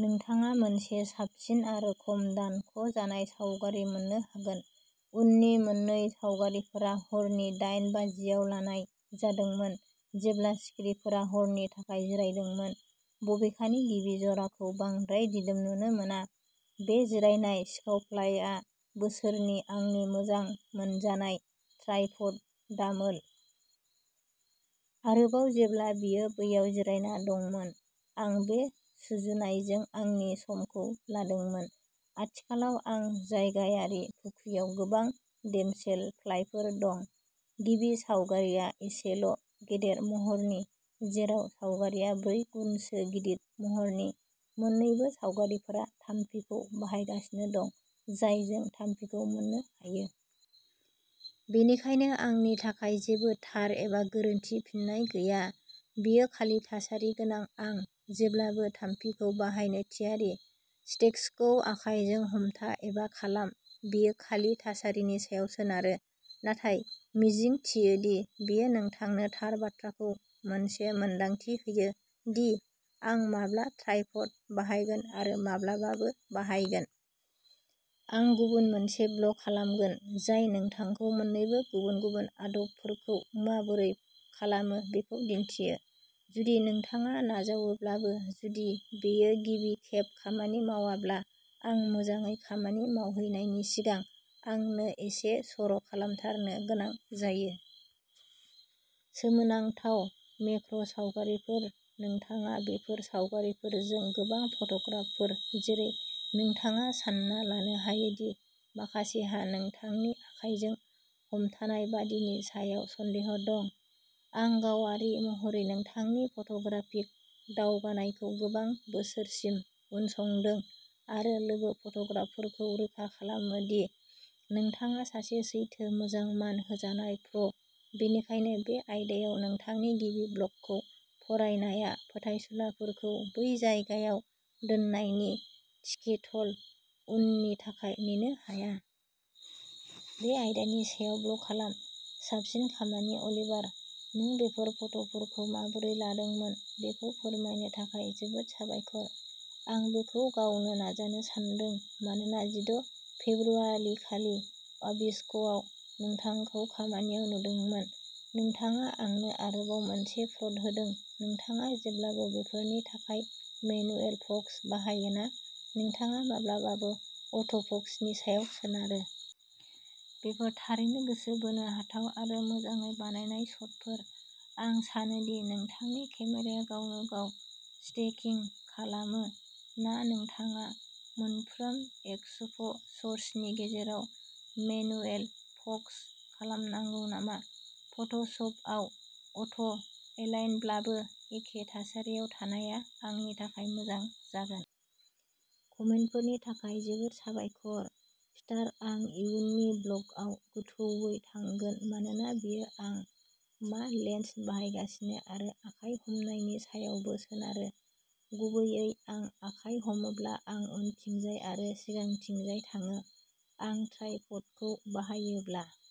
नोंथाङा मोनसे साबसिन आरो खम दानख' जानाय सावगारि मोननो हागोन। उननि मोन्नै सावगारिफोरा हरनि दाइन बाजिआव लानाय जादोंमोन जेब्ला सिखिरिफोरा हरनि थाखाय जिरायदोंमोन। बबेखानि गिबि जराखौ बांद्राय दिदोम नुनो मोना। बे जिरायनाय सिखावफ्लाइआ बोसोरनि आंनि मोजां मोनजानाय ट्राइपड दामोल। आरोबाव जेब्ला बेयो बैयाव जिरायना दंमोन, आं बे सुजुनायजों आंनि समखौ लादोंमोन। आथिखालाव आंनि जायगायारि फुख्रियाव गोबां डेमसेलफ्लाइफोर दं, गिबि सावगारिआ एसेल' गेदेर महरनि, जेराव सावगारिआ ब्रै गुनसो गिदिर महरनि। मोन्नैबो सावगारिफोरा थामफिखौ बाहायगासिनो दं, जायजों दामफिखौ मोननो हायो। बेनिखायनो आंनि थाखाय जेबो थार एबा गोरोन्थि फिननाय गैया, बेयो खालि थासारिगोनां आं जेब्लाबो थामफिखौ बाहायनो थियारि। स्टेक्सखौ आखायजों हमथा एबा खालाम बेयो खालि थासारिनि सायाव सोनारो। नाथाय मिजिंथियो दि बेयो नोंथांनो थार बाथ्राखौ मोनसे मोनदांथि होयो दि आं माब्ला ट्राइपड बाहायगोन आरो माब्लाबाबो बाहायगोन। आं गुबुन मोनसे ब्लग खालामगोन जाय नोंथांखौ मोन्नैबो गुबुन-गुबुन आदबफोरखौ माबोरै खालामो बेखौ दिन्थियो। जुदि नोंथाङा नाजावोब्लाबो, जुदि बेयो गिबि खेब खामानि मावाब्ला, आं मोजाङै खामानि मावहैनायनि सिगां आंनो एसे सर'खालामथारनो गोनां जायो। सोमोनांथाव मेक्र'सावगारिफोर, नोंथाङा बेफोर सावगारिफोरजों गोबां फट'ग्राफारफोर, जेरै नोंथाङा सानना लानो हायो दि माखासेहा नोंथांनि आखाइजों हमथानाय दाबिनि सायाव सन्देह दं, आं गावारि महरै नोंथांनि फट'ग्राफिक दावगानायखौ गोबां बोसोरसिम उनसंदों आरो लोगो फट'ग्राफारफोरखौ रोखा खालामो दि नोंथाङा सासे सैथो मोजां मान होजानाय प्र, बेनिखायनो बे आयदायाव नोंथांनि गिबि ब्लगखौ फरायनाया फोथायसुलाफोरखौ बै जायगायाव दोननायनि टिकेटल', उननि थाखाय नेनो हाया। बे आयदानि सायाव ब्लग खालाम, साबसिन खामानि अलिभार। नों बेफोर फट'फोरखौ माबोरै लादोंमोन बेखौ फोरमायनो थाखाय जोबोद साबायखर। आं बेखौ गावनो नाजानो सानदों, मानोना जिद' फेब्रुआरिखालि आबिस्क'आव नोंथांखौ खामानियाव नुदोंमोन। नोंथाङा आंनो आरोबाव मोनसे प्र'ड होदों, नोंथाङा जेब्लाबो बेफोरनि थाखाय मेनुएल फ'क्स बाहायो ना नोंथाङा माब्लाबाबो अट'फ'क्सनि सायाव सोनारो। बेफोर थारैनो गोसो बोनो हाथाव आरो मोजाङै बानायनाय शटफोर। आं सानो दि नोंथांनि केमेराया गावनो गाव स्टेकिंग खालामो ना नोंथाङा मोनफ्रोम एक्सप'सर्सनि गेजेराव मेनुएल फ'क्स खालामनांगौ नामा? फट'शपआव अट'एलाइनब्लाबो, एखे थासारियाव थानाया आंनि थाखाय मोजां जागोन। कमेन्टफोरनि थाखाय जोबोद साबायखर पिटार आं इयुननि ब्लगआव गोथौवै थांगोन मानोना बेयो आं मा लेन्स बाहायगासिनो आरो आखाय हमनायनि सायावबो सोनारो। गुबैयै आं आखाय हमोब्ला आं उनथिंजाय आरो सिगांथिंजाय थाङो। आं ट्राइपडखौ बाहायोब्ला।